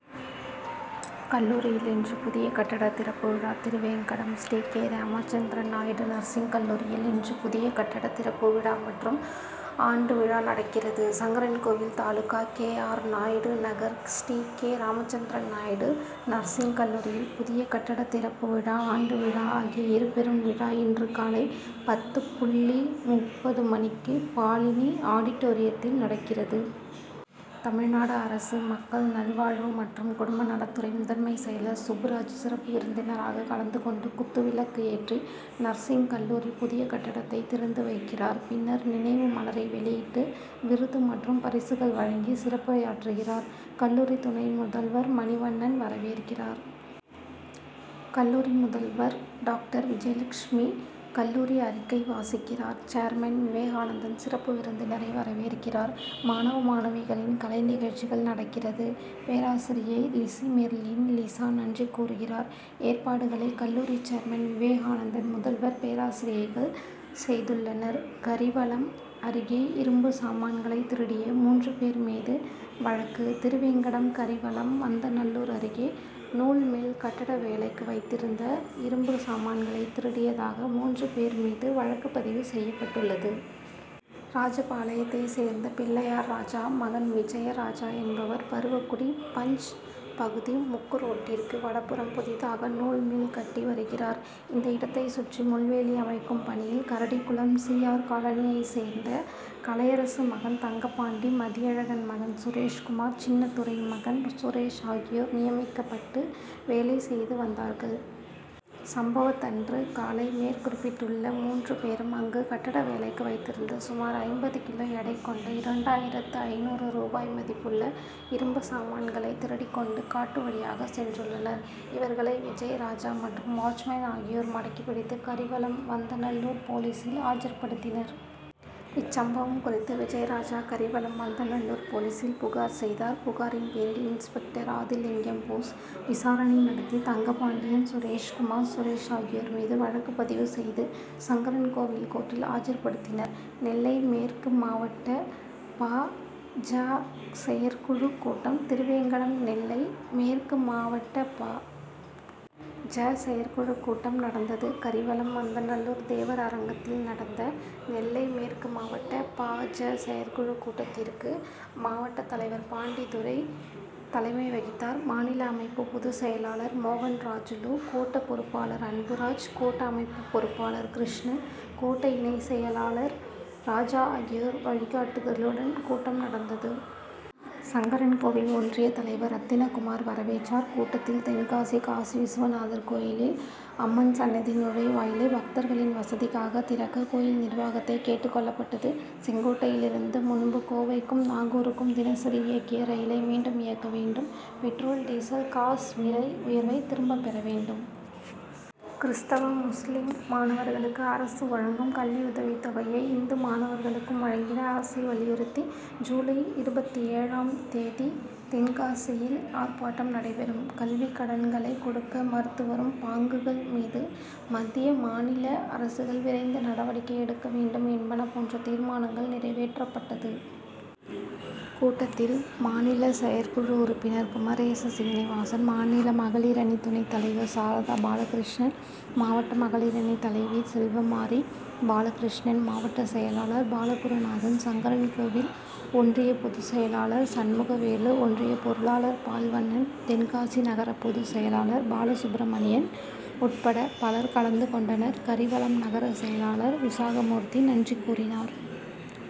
கல்லூரியில்இன்று புதிய கட்டட திறப்பு விழா திருவேங்கடம் ஸ்ரீ. கே. ராமச்சந்திரன் நாயுடு நர்சிங் கல்லூரியில் இன்று புதிய கட்டட திறப்பு விழா மற்றும் ஆண்டு விழா நடக்கிறது. Sankarankovil taluka K. R. Naidu Nagar Sri. K. Ramachandran Naidu nursing கல்லூரியில் புதிய கட்டட திறப்பு விழா, ஆண்டு விழா ஆகிய இருபெரும் விழா இன்று காலை பத்து புள்ளி முப்பது மணிக்கு பாலினி ஆடிட்டோரியத்தில் நடக்கிறது. தமிழ்நாடு அரசு மக்கள் நல்வாழ்வு மற்றும் குடும்ப நலத்துறை முதன்மை செயலர் சுப்புராஜ் சிறப்பு விருந்தினராக கலந்து கொண்டு குத்துவிளக்கு ஏற்றி, நர்சிங் கல்லூரி புதிய கட்டடத்தை திறந்து வைக்கிறார். பின்னர் நினைவு மலரை வெளியிட்டு விருது மற்றும் பரிசுகள் வழங்கி சிறப்புரையாற்றுகிறார். கல்லூரி துணை முதல்வர் மணிவண்ணன் வரவேற்கிறார். கல்லூரி முதல்வர் டாக்டர் விஜயலட்சுமி கல்லூரி அறிக்கை வாசிக்கிறார். சேர்மன் விவேகானந்தன் சிறப்பு விருந்தினரை வரவேற்கிறார். மாணவ, மாணவிகளின் கலை நிகழ்ச்சிகள் நடக்கிறது. பேராசிரியை லிசிமெர்லின் லிசா நன்றி கூறுகிறார். ஏற்பாடுகளை கல்லூரி சேர்மன் விவேகானந்தன், முதல்வர், பேராசிரியைகள் செய்துள்ளனர். கரிவலம் அருகே இரும்பு சாமான்களைதிருடிய மூன்று பேர் மீது வழக்கு திருவேங்கடம் கரிவலம்வந்தநல்லூர் அருகே நூல் மில் கட்டட வேலைக்கு வைத்திருந்த இரும்பு சாமான்களை திருடியதாக மூன்று பேர் மீது வழக்குபதிவு செய்யப்பட்டுள்ளது. ராஜபாளையத்தை சேர்ந்த பிள்ளையார்ராஜா மகன் விஜயராஜா என்பவர் பருவக்குடி பஞ்., பகுதி முக்கு ரோட்டிற்கு வடபுறம் புதிதாக நூல் மில் கட்டி வருகிறார். இந்த இடத்தை சுற்றி முள்வேலி அமைக்கும் பணியில் கரடிகுளம் சி. ஆர். காலனியை சேர்ந்த கலையரசு மகன் தங்கப்பாண்டி, மதியழகன் மகன் சுரேஷ்குமார், சின்னத்துரை மகன் சுரேஷ் ஆகியோர் நியமிக்கப்பட்டு வேலை செய்து வந்தார்கள். சம்பவத்தன்று காலை மேற்குறிப்பிட்டுள்ள மூன்று பேரும் அங்கு கட்டட வேலைக்கு வைத்திருந்த சுமார் ஐம்பது கிலோ எடை கொண்ட இரண்டாயிரத்து ஐந்நூறு ரூபாய் மதிப்புள்ள இரும்பு சாமான்களை திருடிக் கொண்டு காட்டு வழியாக சென்றுள்ளனர். இவர்களை விஜயராஜா மற்றும் வாட்ச்மேன் ஆகியோர் மடக்கி பிடித்து கரிவலம்வந்தநல்லூர் போலீசில் ஆஜர்படுத்தினர். இச்சம்பவம் குறித்து விஜயராஜா கரிவலம்வந்தநல்லூர் போலீசில் புகார் செய்தார். புகாரின் பேரில் இன்ஸ்பெக்டர் ஆதிலிங்கம்போஸ் விசாரணை நடத்தி தங்கப்பாண்டி, சுரேஷ்குமார், சுரேஷ் ஆகியோர் மீது வழக்கு பதிவு செய்து சங்கரன்கோவில் கோர்ட்டில் ஆஜர்படுத்தினார். நெல்லை மேற்கு மாவட்டபா. ஜ.,செயற்குழு கூட்டம் திருவேங்கடம் நெல்லை மேற்கு மாவட்ட பா. ஜ.,செயற்குழு கூட்டம் நடந்தது. கரிவலம்வந்தநல்லூர் தேவர் அரங்கத்தில் நடந்த நெல்லை மேற்கு மாவட்ட பா. ஜ.,செயற்குழு கூட்டத்திற்கு மாவட்ட தலைவர் பாண்டித்துரை தலைமை வகித்தார். மாநில அமைப்பு பொது செயலாளர் மோகன்ராஜூலு, கோட்ட பொறுப்பாளர் அன்புராஜ், கோட்ட அமைப்பு பொறுப்பாளர் கிருஷ்ணன், கோட்ட இணை செயலாளர் ராஜா ஆகியோர் வழிகாட்டுதலுடன் கூட்டம் நடந்தது. சங்கரன்கோவில் ஒன்றிய தலைவர் ரத்தினகுமார் வரவேற்றார். கூட்டத்தில், தென்காசி காசிவிசுவநாதர் கோயிலில் அம்மன் சன்னதி நுழைவுவாயிலை பக்தர்களின் வசதிக்காக திறக்க கோயில் நிர்வாகத்தை கேட்டுக் கொள்ளப்பட்டது. செங்கோட்டையிலிருந்து முன்பு கோவைக்கும், நாகூருக்கும் தினசரி இயக்கிய ரயிலை மீண்டும் இயக்க வேண்டும். பெட்ரோல், டீசல், காஸ் விலை உயர்வை திரும்ப பெற வேண்டும். கிறிஸ்தவ, முஸ்லிம் மாணவர்களுக்கு அரசு வழங்கும் கல்வி உதவித் தொகையை இந்து மாணவர்களுக்கும் வழங்கிட அரசை வலியுறுத்தி ஜூலை இருபத்தேழாம் தேதி தென்காசியில் ஆர்ப்பாட்டம் நடைபெறும். கல்விக் கடன்களை கொடுக்க மறுத்து வரும் பாங்குகள் மீது மத்திய, மாநில அரசுகள் விரைந்து நடவடிக்கை எடுக்க வேண்டும் என்பன போன்ற தீர்மானங்கள் நிறைவேற்றப்பட்டது. கூட்டத்தில் மாநில செயற்குழு உறுப்பினர் குமரேசசீனிவாசன், மாநில மகளிரணி துணைத் தலைவர் சாரதா பாலகிருஷ்ணன், மாவட்ட மகளிரணி தலைவி செல்லமாரி, பாலகிருஷ்ணன், மாவட்ட செயலாளர் பாலகுருநாதன், சங்கரன்கோவில் ஒன்றிய பொது செயலாளர் சண்முகவேலு, ஒன்றிய பொருளாளர் பால்வண்ணன், தென்காசி நகர பொது செயலாளர் பாலசுப்பிரமணியன் உட்பட பலர் கலந்து கொண்டனர். கரிவலம் நகர செயலாளர் விசாகமூர்த்தி நன்றி கூறினார்.